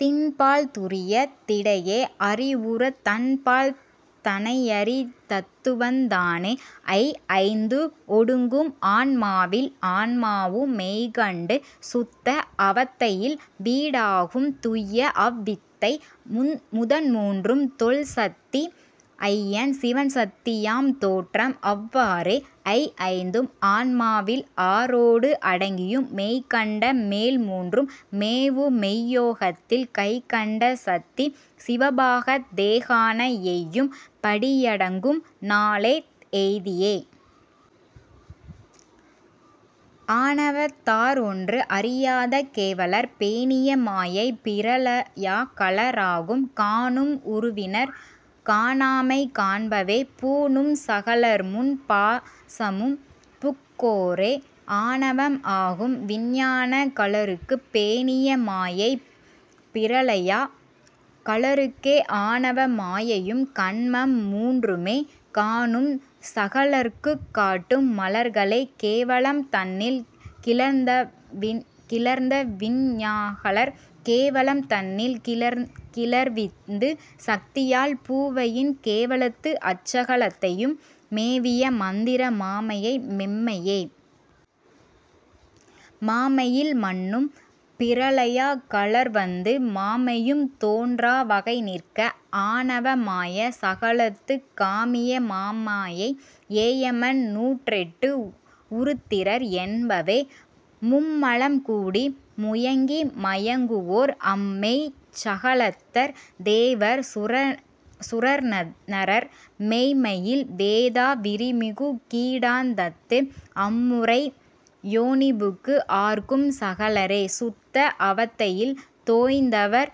தின்பால் துரியத் திடையே அறிவுறத் தன்பால் தனையறி தத்துவந் தானே. ஐ ஐந்து ஒடுங்கும் ஆன்மாவில் ஆன்மாவும் மெய்கண்டு சுத்த அவத்தையில் வீடாகும் துய்யஅவ் வித்தை முதன்மூன்றும் தொல்சத்தி ஐயன் சிவன்சத்தி யாம்தோற்றம் அவ்வாறே. ஐஐந்தும் ஆன்மாவில் ஆறோடு அடங்கியும் மெய்கண்ட மேல்மூன்றும் மேவுமெய் யோகத்தில் கைகண்ட சத்தி சிவபாகத் தேகாண எய்யும் படியடங்கும் நாலேழ் எய்தியே. ஆணவத் தார்ஒன்று அறியாத கேவலர் பேணிய மாயைப் பிரளயா கலராகும் காணும் உருவினர் காணாமை காண்பவே பூணும் சகலர்முப் பாசமும் புக்கோரே. ஆணவம் ஆகும் விஞ்ஞான கலருக்குப் பேணிய மாயை பிரளயா கலருக்கே ஆணவ மாயையும் கன்மம் மூன்றுமே காணும் சகலர்க்குக் காட்டும் மலங்களே கேவலம் தன்னில் கிளர்ந்தவிஞ் ஞாகலர் கேவலம் தன்னில் கிளர்விந்து சத்தியால் பூவயின் கேவலத்து அச்சக லத்தையும் மேவிய மந்திர மாமாயை மெய்ம்மையே. மாயையில் மன்னும் பிரளயா கலர்வந்து மாயையும் தோன்றா வகைநிற்க ஆணவ மாய சகலத்துக் காமிய மாமாயை ஏயமன் நூற்றெட்டு உருத்திரர் என்பவே. மும்மலம் கூடி முயங்கி மயங்குவோர் அம்மெய்ச் சகலத்தர் தேவர் சுரர்நரர் மெய்ம்மையில் வேதா விரிமிகு கீடாந்தத்து அம்முறை யோனிபுக்கு ஆர்க்கும் சகலரே. சுத்த அவத்தையில் தோய்ந்தவர்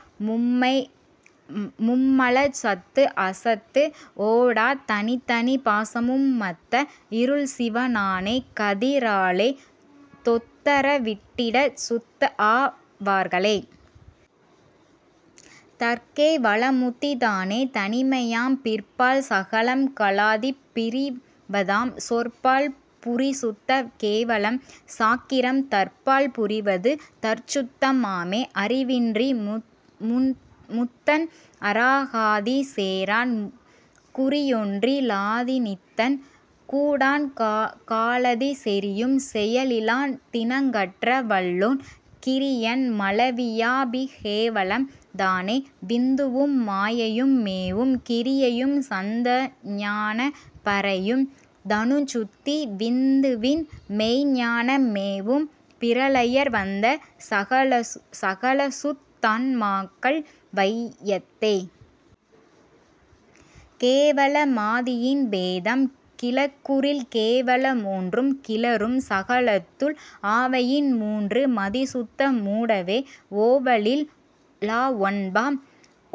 மும்மலச் சத்துஅசத்து ஓடத் தனித்தனி பாசமும் மத்த இருள்சிவ னான கதிராலே தொத்தற விட்டிடச் சுத்தஆ வார்களே. தற்கே வலம்முத்தி தானே தனிமையாம் பிற்பால் சகலம் கலாதிப் பிறிவதாம் சொற்பால் புரிசுத்த கேவலம் சாக்கிரம் தற்பால் புரிவது தற்சுத்தம் ஆமே. அறிவின்றி முத்தன் அராகாதி சேரான் குறியொன்றி லாநித்தன் கூடான் காலதி செறியும் செயலிலான் தினங்கற்ற வல்லோன் கிறியன் மலவியாபி கேவலம் தானே. விந்துவும் மாயையும் மேவும் கிரியையும் சந்தத ஞான பரையும் தனுச்சுத்தி விந்துவின் மெய்ஞ்ஞான மேவும் பிரளயர் வந்த சகலசுத் தான்மாக்கள் வையத்தே. கேவல மாதியின் பேதம் கிளக்குறில் கேவல மூன்றும் கிளரும் சகலத்துள் ஆவயின் மூன்று மதிசுத்த மூடவே ஓவலில் லாஒன்பான்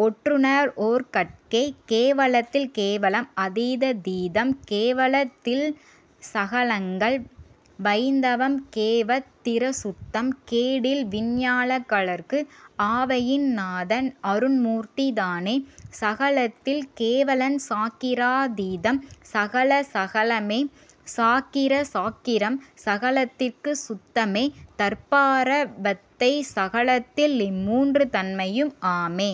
ஒற்றுணர் வோர்கட்கே. கேவலத்தில் கேவலம் அதீதா தீதம் கேவலத் தில்சகலங்கள் வயிந்தவம் கேவத் திறசுத்தம் கேடில்விஞ் ஞாகலர்க்கு ஆவயின் நாதன் அருண்மூர்த்தி தானே. சகலத்தில் கேவலம் சாக்கிரா தீதம் சகல சகலமே சாக்கிர சாக்கிரம் சகலத்திற் சுத்தமே தற்பரா வத்தை சகலத்தில் இம்மூன்று தன்மையும் ஆமே.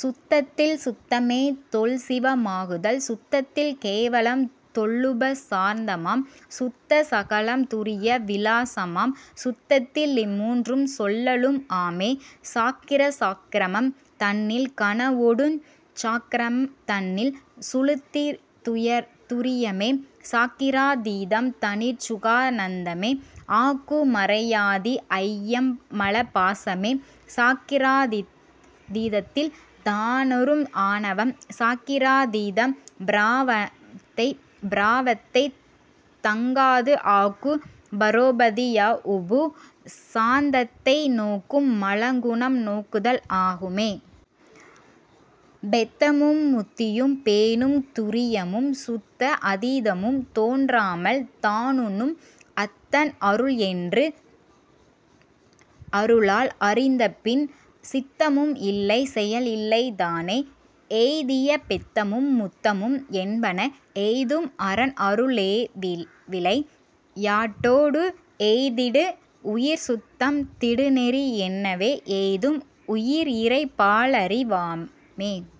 சுத்தத்தில் சுத்தமே தொல்சிவ மாகுதல் சுத்தத்தில் கேவலம் தொல்லுப சாந்தமாம் சுத்த சகலம் துரிய விலாசமாம் சுத்தத்தில் இம்மூன்றும் சொல்லலும் ஆமே. சாக்கிர சாக்கிரம் தன்னில் கனவொடுஞ் சாக்கிரம் தன்னில் சுழுத்தி துரியமே சாக்கிரா தீதம் தனிற்சுகா னந்தமே ஆக்கு மறையாதி ஐம்மல பாசமே. சாக்கிரா தீதத்தில் தானறும் ஆணவம் சாக்கிரா தீதம் பிராவத்தை தங்காது ஆக்கு பரோபதி யாஉப சாந்தத்தை நோக்கும் மலங்குணம் நோக்குதல் ஆகுமே. பெத்தமும் முத்தியும் பேணும் துரியமும் சுத்த அதீதமும் தோன்றாமல் தானுணும் அத்தன் அருள்என்று அருளால் அறிந்தபின் சித்தமும் இல்லை செயல்இல்லை தானே. எய்திய பெத்தமும் முத்தமும் என்பன எய்தும் அரன்அரு ளேவிளை யாட்டோ டு எய்திடு உயிர்சுத்தத் திடுநெறி என்னவே எய்தும் உயிர்இறை பால்அறி வாமே.